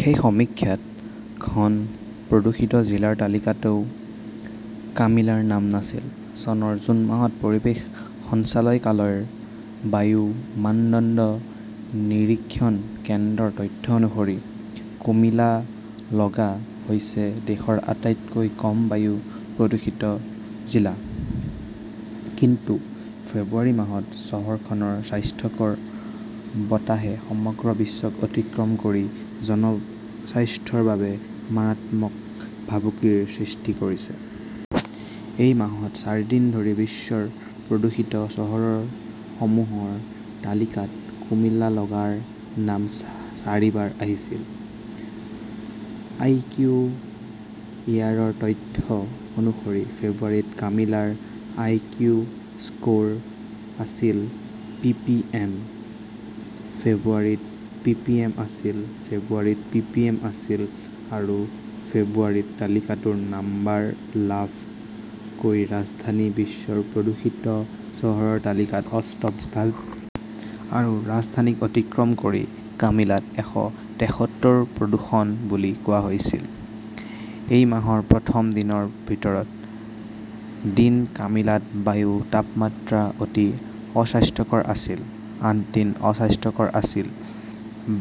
সেই সমীক্ষাত খন প্ৰদূষিত জিলাৰ তালিকাতও কমিলাৰ নাম নাছিল। চনৰ জুন মাহত পৰিৱেশ সঞ্চালকালয়ৰ বায়ু মানদণ্ড নিৰীক্ষণ কেন্দ্ৰৰ তথ্য অনুসৰি, কুমিলালগা হৈছে দেশৰ আটাইতকৈ কম বায়ু প্ৰদূষণৰ জিলা। কিন্তু ফেব্ৰুৱাৰী মাহত চহৰখনৰ স্বাস্থ্যকৰ বতাহে সমগ্ৰ বিশ্বক অতিক্ৰম কৰি জনস্বাস্থ্যৰ বাবে মাৰাত্মক ভাবুকিৰ সৃষ্টি কৰিছে। এই মাহত চাৰিদিন ধৰি বিশ্বৰ প্ৰদূষিত চহৰসমূহৰ তালিকাত কুমিলালগাৰ নাম চাৰিবাৰ আছিল। আইকিউ এয়াৰৰ তথ্য অনুসৰি ফেব্ৰুৱাৰীত কামিলাৰ আইকিউ স্ক "ৰ আছিল পিপিএম। ফেব্ৰুৱাৰীত পিপিএম আছিল, ফেব্ৰুৱাৰীত পিপিএম আছিল। যোৱা ফেব্ৰুৱাৰীত তালিকাটোত নম্বৰ লাভ কৰি ৰাজধানী বিশ্বৰ প্ৰদূষিত চহৰৰ তালিকাত অষ্টম স্থানত আছিল। আৰু ৰাজধানীক অতিক্ৰম কৰি কামিলাত এশ তেসত্তৰ প্ৰদূষণ বুলি কোৱা হৈছিল। এই মাহৰ প্ৰথম দিনৰ ভিতৰত দিন কামিলাত বায়ুৰ তাপমাত্ৰা অতি অস্বাস্থ্যকৰ আছিল। আঠ দিন অস্বাস্থ্যকৰ আছিল।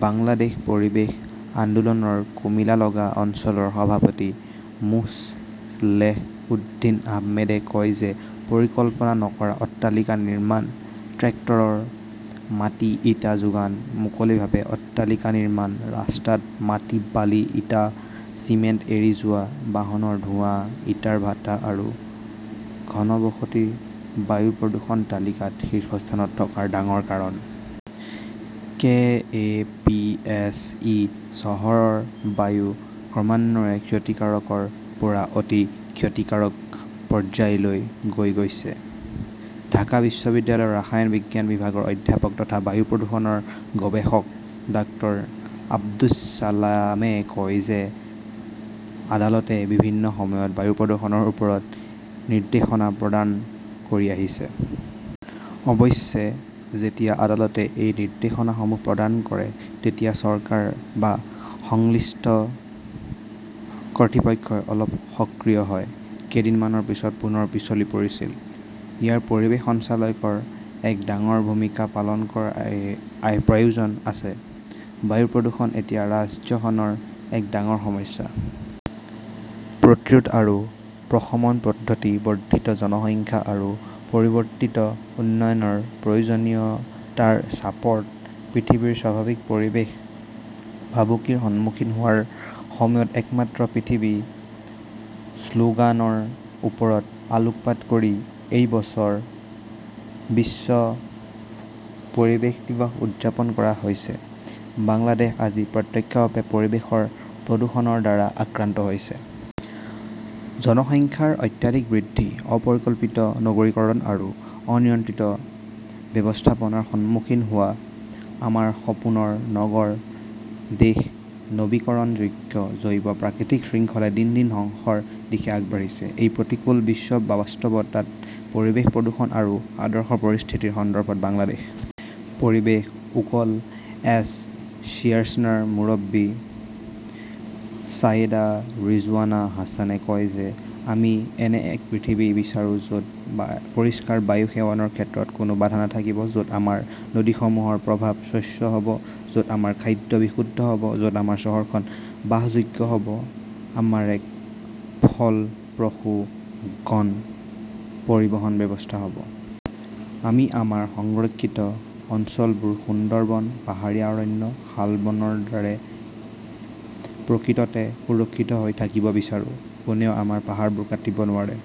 বাংলাদেশ পৰিৱেশ আন্দোলনৰ কুমিলালগা অঞ্চলৰ সভাপতি মোছলেহ উদ্দীন আহমেদে কয় যে পৰিকল্পনা নকৰা অট্টালিকা নিৰ্মাণ, ট্ৰেক্টৰত মাটি-ইটা যোগান, মুকলিভাৱে অট্টালিকা নিৰ্মাণ, ৰাস্তাত মাটি বালি ইটা চিমেণ্ট এৰি যোৱা, বাহনৰ ধোঁৱা, ইটাৰ ভাটা আৰু ঘনবসতি বায়ু প্ৰদূষণৰ তালিকাত শীৰ্ষস্থানত থকাৰ ডাঙৰ কাৰণ। K A P S E চহৰখনৰ বায়ু ক্ৰমান্বয়ে ক্ষতিকাৰকৰ পৰা অতি ক্ষতিকাৰক পৰ্যায়লৈ লৈ গৈছে। ঢাকা বিশ্ববিদ্যালয়ৰ ৰসায়ন বিজ্ঞান বিভাগৰ অধ্যাপক তথা বায়ু প্ৰদূষণৰ গৱেষক ডাক্তৰ আব্দুছ ছালামে কয় যে আদালতে বিভিন্ন সময়ত বায়ু প্ৰদূষণৰ ওপৰত নিৰ্দেশনা প্ৰদান কৰি আহিছে। অৱশ্যে, যেতিয়া আদালতে এই নিৰ্দেশনাসমূহ প্ৰদান কৰে, তেতিয়া চৰকাৰ বা সংশ্লিষ্ট কৰ্তৃপক্ষই অলপ সক্ৰিয় হয়। কেইদিনমানৰ পিছত পুনৰ পিছলি পৰিছিল। ইয়াত পৰিৱেশ সঞ্চালকালয়ৰ এক ডাঙৰ ভূমিকা পালন কৰাৰ প্ৰয়োজন আছে। বায়ু প্ৰদূষণ এতিয়া ৰাজ্যখনৰ এক ডাঙৰ সমস্যা। প্ৰতিৰোধ আৰু প্ৰশমন পদ্ধতি বৰ্ধিত জনসংখ্যা আৰু পৰিৱৰ্তিত উন্নয়নৰ প্ৰয়োজনীয়তাৰ চাপত পৃথিৱীৰ স্বাভাৱিক পৰিৱেশ ভাবুকিৰ সন্মুখীন হোৱাৰ সময়ত একমাত্ৰ পৃথিৱী শ্লোগানৰ ওপৰত আলোকপাত কৰি এই বছৰ বিশ্ব পৰিৱেশ দিৱস উদযাপন কৰা হৈছে। বাংলাদেশ আজি প্ৰত্যক্ষভাৱে পৰিৱেশৰ প্ৰদূষণৰ দ্বাৰা আক্ৰান্ত হৈছে। জনসংখ্যাৰ অত্যাধিক বৃদ্ধি, অপৰিকল্পিত নগৰীকৰণ আৰু অনিয়ন্ত্ৰিত ব্যৱস্থাপনাৰ সন্মুখীন হোৱা আমাৰ সপোনৰ দেশ নৱীকৰণযোগ্য জৈৱ প্ৰাকৃতিক শৃংখলে দিন দিন ধ্বংসৰ দিশে আগবাঢ়িছে। এই প্ৰতিকূল বিশ্ব বাস্তৱতাত পৰিৱেশ প্ৰদূষণ আৰু আদৰ্শ পৰিস্থিতিৰ সন্দৰ্ভত বাংলাদেশ পৰিৱেশ উকিল এছ চিয়েশ্যনৰ মুৰব্বী ছায়েদা ৰিজৱানা হাছানে কয় যে আমি এনে এক পৰিৱেশ বিচাৰো য’ত পৰিষ্কাৰ বায়ু সেৱনৰ ক্ষেত্ৰত কোনো বাধা নাথাকিব, য’ত আমাৰ নদীসমূহৰ প্ৰবাহ স্বচ্ছ হ’ব, য’ত আমাৰ খাদ্য বিশুদ্ধ হ’ব, য’ত আমাৰ চহৰখন বাসযোগ্য হ’ব, আমাৰ এক ফলপ্ৰসূ গণ পৰিবহণ ব্যৱস্থা হ’ব। আমি আমাৰ সংৰক্ষিত অঞ্চলবোৰ-সুন্দৰবন, পাহাৰীয়া অৰণ্য, শালবনৰ দৰে-প্ৰকৃততে সুৰক্ষিত হৈ থাকিব বিচাৰো, কোনেও আমাৰ পাহাৰবোৰ কাটিব নোৱাৰে।